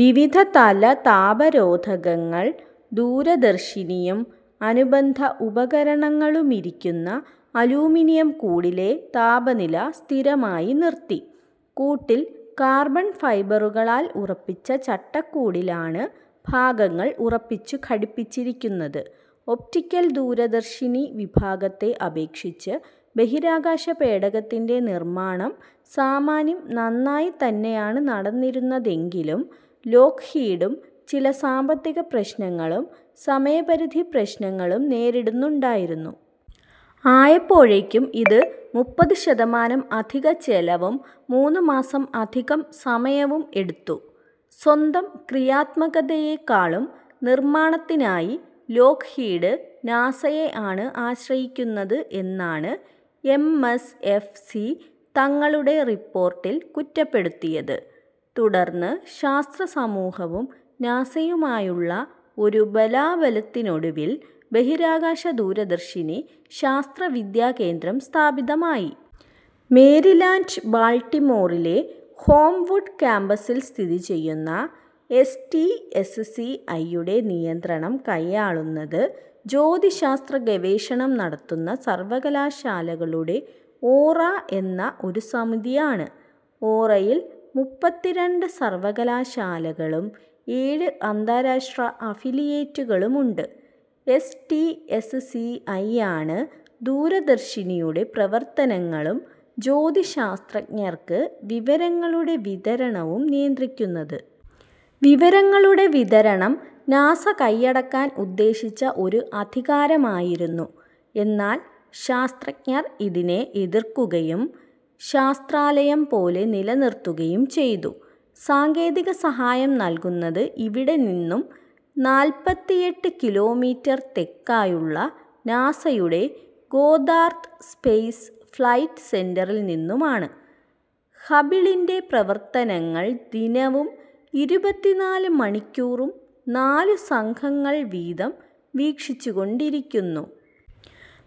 വിവിധതല താപരോധകങ്ങൾ ദൂരദർശിനിയും അനുബന്ധ ഉപകരണങ്ങളുമിരിക്കുന്ന അലൂമിനിയം കൂടിലെ താപനില സ്ഥിരമായി നിർത്തി. കൂട്ടിൽ കാർബൺ ഫൈബറുകളാൽ ഉറപ്പിച്ച ചട്ടക്കൂടിലാണ് ഭാഗങ്ങൾ ഉറപ്പിച്ചു ഘടിപ്പിച്ചിരിക്കുന്നത്. ഒപ്റ്റിക്കൽ ദൂരദർശിനി വിഭാഗത്തെ അപേക്ഷിച്ച് ബഹിരാകാശ പേടകത്തിൻ്റെ നിർമ്മാണം സാമാന്യം നന്നായി തന്നെയാണ് നടന്നിരുന്നതെങ്കിലും ലോക്ഹീഡും ചില സാമ്പത്തിക പ്രശ്നങ്ങളും സമയപരിധി പ്രശ്നങ്ങളും നേരിടുന്നുണ്ടായിരുന്നു. ആയപ്പോഴേക്കും ഇത് മുപ്പത് ശതമാനം അധിക ചെലവും മൂന്നുമാസം അധികം സമയവും എടുത്തു. സ്വന്തം ക്രിയാത്മകതയേക്കാളും നിർമ്മാണത്തിനായി ലോക്ഹീഡ് നാസയെ ആണ് ആശ്രയിക്കുന്നത് എന്നാണ് എം എസ് എഫ് സി തങ്ങളുടെ റിപ്പോർട്ടിൽ കുറ്റപ്പെടുത്തിയത്. തുടർന്ന് ശാസ്ത്രസമൂഹവും നാസയുമായുള്ള ഒരു ബലാബലത്തിനൊടുവിൽ ബഹിരാകാശ ദൂരദർശിനി ശാസ്ത്ര വിദ്യാകേന്ദ്രം സ്ഥാപിതമായി. മേരിലാൻ്റ് ബാൽട്ടിമോറിലെ ഹോംവുഡ് കാമ്പസിൽ സ്ഥിതിചെയ്യുന്ന S T S C I യുടെ നിയന്ത്രണം കൈയാളുന്നത്, ജ്യോതിശാസ്ത്രഗവേഷണം നടത്തുന്ന സർവ്വകലാശാലകളുടെ ഓറ എന്ന ഒരു സമിതിയാണ്. ഓറയിൽ മുപ്പത്തിരണ്ട് സർവ്വകലാശാലകളും ഏഴ് അന്താരാഷ്ട്ര അഫിലിയേറ്റുകളുമുണ്ട്. S T S C I ആണ് ദൂരദർശിനിയുടെ പ്രവർത്തനങ്ങളും ജ്യോതിശാസ്ത്രജ്ഞർക്ക് വിവരങ്ങളുടെ വിതരണവും നിയന്ത്രിക്കുന്നത്. വിവരങ്ങളുടെ വിതരണം നാസ കൈയടക്കാൻ ഉദ്ദേശിച്ച ഒരു അധികാരമായിരുന്നു, എന്നാൽ ശാസ്ത്രജ്ഞർ ഇതിനെ എതിർക്കുകയും ശാസ്ത്രാലയം പോലെ നിലനിർത്തുകയും ചെയ്തു. സാങ്കേതിക സഹായം നൽകുന്നത് ഇവിടെ നിന്നും നാൽപ്പത്തിയെട്ട് കിലോമീറ്റർ തെക്കായുള്ള നാസയുടെ ഗോദ്ദാർദ് സ്പേസ് ഫ്ലൈറ്റ് സെൻ്ററിൽ നിന്നുമാണ്. ഹബിളിൻ്റെ പ്രവർത്തനങ്ങൾ ദിനവും ഇരുപത്തിനാല് മണിക്കൂറും നാലു സംഘങ്ങൾ വീതം വീക്ഷിച്ചുകൊണ്ടിരിക്കുന്നു.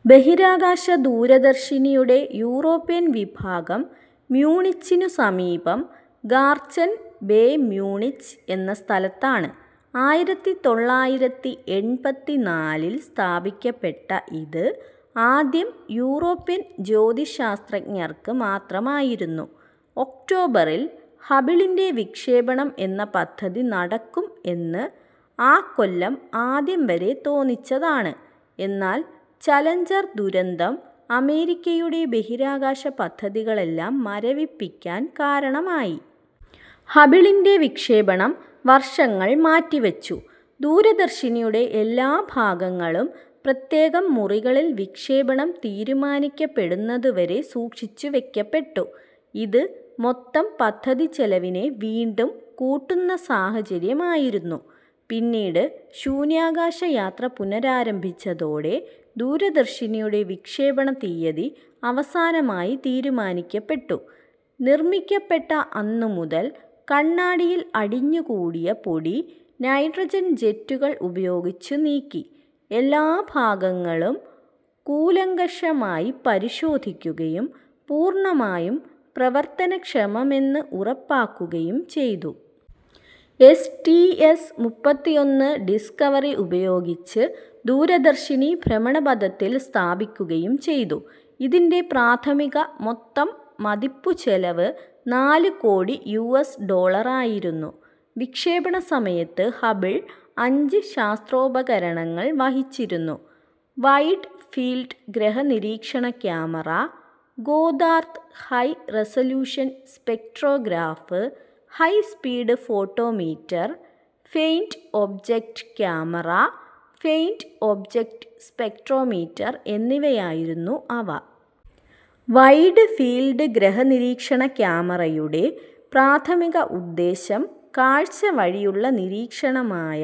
ബഹിരാകാശ ദൂരദർശിനിയുടെ യൂറോപ്യൻ വിഭാഗം മ്യൂണിച്ചിനു സമീപം ഗാർചെൻ ബെ മ്യൂണിച്ച് എന്ന സ്ഥലത്താണ്. ആയിരത്തി തൊള്ളായിരത്തി എൺപത്തിനാലിൽ സ്ഥാപിക്കപ്പെട്ട ഇത് ആദ്യം യൂറോപ്യൻ ജ്യോതിശാസ്ത്രജ്ഞർക്ക് മാത്രമായിരുന്നു. ഒക്ടോബറിൽ ഹബിളിൻ്റെ വിക്ഷേപണം എന്ന പദ്ധതി നടക്കും എന്ന് ആക്കൊല്ലം ആദ്യം വരെ തോന്നിച്ചതാണ്. എന്നാൽ ചലഞ്ചർ ദുരന്തം അമേരിക്കയുടെ ബഹിരാകാശ പദ്ധതികളെല്ലാം മരവിപ്പിക്കാൻ കാരണമായി. ഹബിളിൻ്റെ വിക്ഷേപണം വർഷങ്ങൾ മാറ്റിവച്ചു. ദൂരദർശിനിയുടെ എല്ലാഭാഗങ്ങളും പ്രത്യേകം മുറികളിൽ വിക്ഷേപണം തീരുമാനിക്കപ്പെടുന്നതുവരെ സൂക്ഷിച്ചുവെക്കപ്പെട്ടു. ഇത് മൊത്തം പദ്ധതിച്ചെലവിനെ വീണ്ടും കൂട്ടുന്ന സാഹചര്യം ആയിരുന്നു. പിന്നീട് ശൂന്യാകാശയാത്ര പുനരാരംഭിച്ചതോടെ ദൂരദർശിനിയുടെ വിക്ഷേപണ തീയതി അവസാനമായി തീരുമാനിക്കപ്പെട്ടു. നിർമ്മിക്കപ്പെട്ട അന്നുമുതൽ കണ്ണാടിയിൽ അടിഞ്ഞുകൂടിയ പൊടി നൈട്രജൻ ജെറ്റുകൾ ഉപയോഗിച്ച് നീക്കി, എല്ലാ ഭാഗങ്ങളും കൂലങ്കഷമായി പരിശോധിക്കുകയും പൂർണ്ണമായും പ്രവർത്തനക്ഷമമെന്ന് ഉറപ്പാക്കുകയും ചെയ്തു. എസ് ടി എസ് മുപ്പത്തിയൊന്ന് ഡിസ്കവറി ഉപയോഗിച്ച് ദൂരദർശിനി ഭ്രമണപഥത്തിൽ സ്ഥാപിക്കുകയും ചെയ്തു. ഇതിൻ്റെ പ്രാഥമിക മൊത്തം മതിപ്പുചെലവ് നാലുകോടി യു എസ് ഡോളറായിരുന്നു. വിക്ഷേപണസമയത്ത് ഹബിൾ അഞ്ച് ശാസ്ത്രോപകരണങ്ങൾ വഹിച്ചിരുന്നു. വൈഡ് ഫീൽഡ് ഗ്രഹനിരീക്ഷണ camera, Goddard high resolution spectrograph, high speed photometer, faint object camera, faint object spectrometer എന്നിവയായിരുന്നു അവ. വൈൽഡ് ഫീൽഡ് ഗ്രഹനിരീക്ഷണ ക്യാമറയുടെ പ്രാഥമിക ഉദ്ദേശം കാഴ്ചവഴിയുള്ള നിരീക്ഷണമായ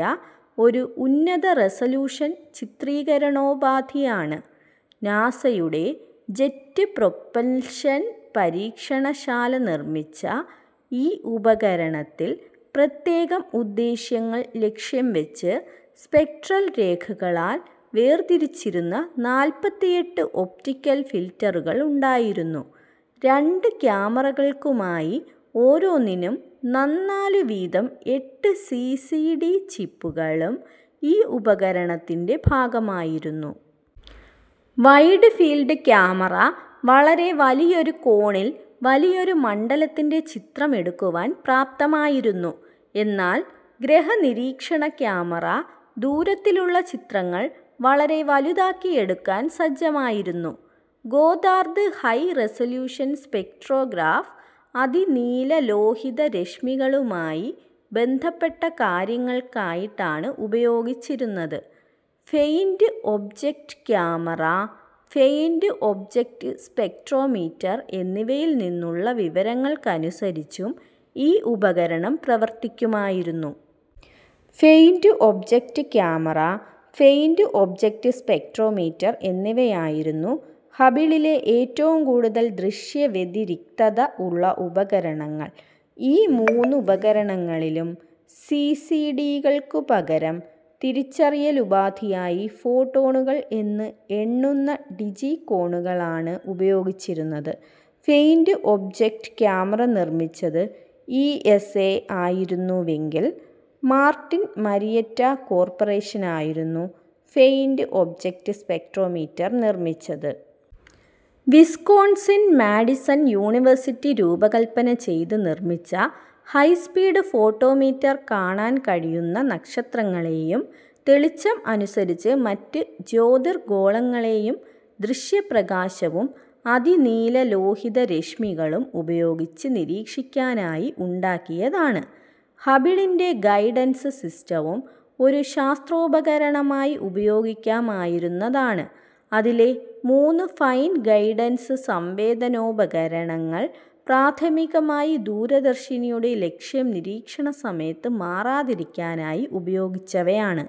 ഒരു ഉന്നത റെസലൂഷൻ ചിത്രീകരണോപാധിയാണ്. നാസയുടെ ജെറ്റ് പ്രൊപൽഷൻ പരീക്ഷണശാല നിർമ്മിച്ച ഈ ഉപകരണത്തിൽ പ്രത്യേകം ഉദ്ദേശ്യങ്ങൾ ലക്ഷ്യം വെച്ച് സ്പെക്ട്രൽ രേഖകളാൽ വേർതിരിച്ചിരുന്ന നാൽപ്പത്തിയെട്ട് ഒപ്റ്റിക്കൽ ഫിൽറ്ററുകൾ ഉണ്ടായിരുന്നു. രണ്ട് ക്യാമറകൾക്കുമായി, ഓരോന്നിനും നന്നാലു വീതം എട്ട് സി സി ഡി ചിപ്പുകളും ഈ ഉപകരണത്തിൻ്റെ ഭാഗമായിരുന്നു. വൈൽഡ് ഫീൽഡ് ക്യാമറ വളരെ വലിയൊരു കോണിൽ വലിയൊരു മണ്ഡലത്തിൻ്റെ ചിത്രം എടുക്കുവാൻ പ്രാപ്തമായിരുന്നു. എന്നാൽ ഗ്രഹനിരീക്ഷണ ക്യാമറ ദൂരത്തിലുള്ള ചിത്രങ്ങൾ വളരെ വലുതാക്കി എടുക്കാൻ സജ്ജമായിരുന്നു. ഗോദ്ദാർദ് ഹൈ റെസലൂഷൻ സ്പെക്ട്രോഗ്രാഫ് അതിനീലലോഹിതരശ്മികളുമായി ബന്ധപ്പെട്ട കാര്യങ്ങൾക്കായിട്ടാണ് ഉപയോഗിച്ചിരുന്നത്. Faint object camera, faint object spectrometer എന്നിവയിൽ നിന്നുള്ള വിവരങ്ങൾക്കനുസരിച്ചും ഈ ഉപകരണം പ്രവർത്തിക്കുമായിരുന്നു. Faint object camera, faint object spectrometer എന്നിവയായിരുന്നു ഹബിളിലെ ഏറ്റവും കൂടുതൽ ദൃശ്യവ്യതിരിക്തത ഉള്ള ഉപകരണങ്ങൾ. ഈ മൂന്നുപകരണങ്ങളിലും സി സി ഡി കൾക്കു പകരം തിരിച്ചറിയലുപാധിയായി ഫോട്ടോണുകൾ എന്ന് എണ്ണുന്ന ഡിജികോണുകളാണ് ഉപയോഗിച്ചിരുന്നത്. ഫെയിൻ്റ് ഒബ്ജക്റ്റ് ക്യാമറ നിർമ്മിച്ചത് ഇ എസ് എ ആയിരുന്നുവെങ്കിൽ, മാർട്ടിൻ മരിയെറ്റ കോർപ്പറേഷനായിരുന്നു ഫെയിൻ്റ് ഒബ്ജക്റ്റ് സ്പെക്ട്രോമീറ്റർ നിർമ്മിച്ചത്. വിസ്കോൺസിൻ മാഡിസൺ യൂണിവേഴ്സിറ്റി രൂപകല്പന ചെയ്ത് നിർമ്മിച്ച ഹൈസ്പീഡ് ഫോട്ടോമീറ്റർ കാണാൻ കഴിയുന്ന നക്ഷത്രങ്ങളേയും തെളിച്ചം അനുസരിച്ച് മറ്റ് ജ്യോതിർഗോളങ്ങളേയും ദൃശ്യപ്രകാശവും അതിനീലലോഹിതരശ്മികളും ഉപയോഗിച്ച് നിരീക്ഷിക്കാനായി ഉണ്ടാക്കിയതാണ്. ഹബിളിൻ്റെ ഗൈഡൻസ് സിസ്റ്റവും ഒരു ശാസ്ത്രോപകരണമായി ഉപയോഗിക്കാമായിരുന്നതാണ്. അതിലെ മൂന്നു ഫൈൻ ഗൈഡൻസ് സംവേദനോപകരണങ്ങൾ പ്രാഥമികമായി ദൂരദർശിനിയുടെ ലക്ഷ്യം നിരീക്ഷണസമയത്ത് മാറാതിരിക്കാനായി ഉപയോഗിച്ചവയാണ്.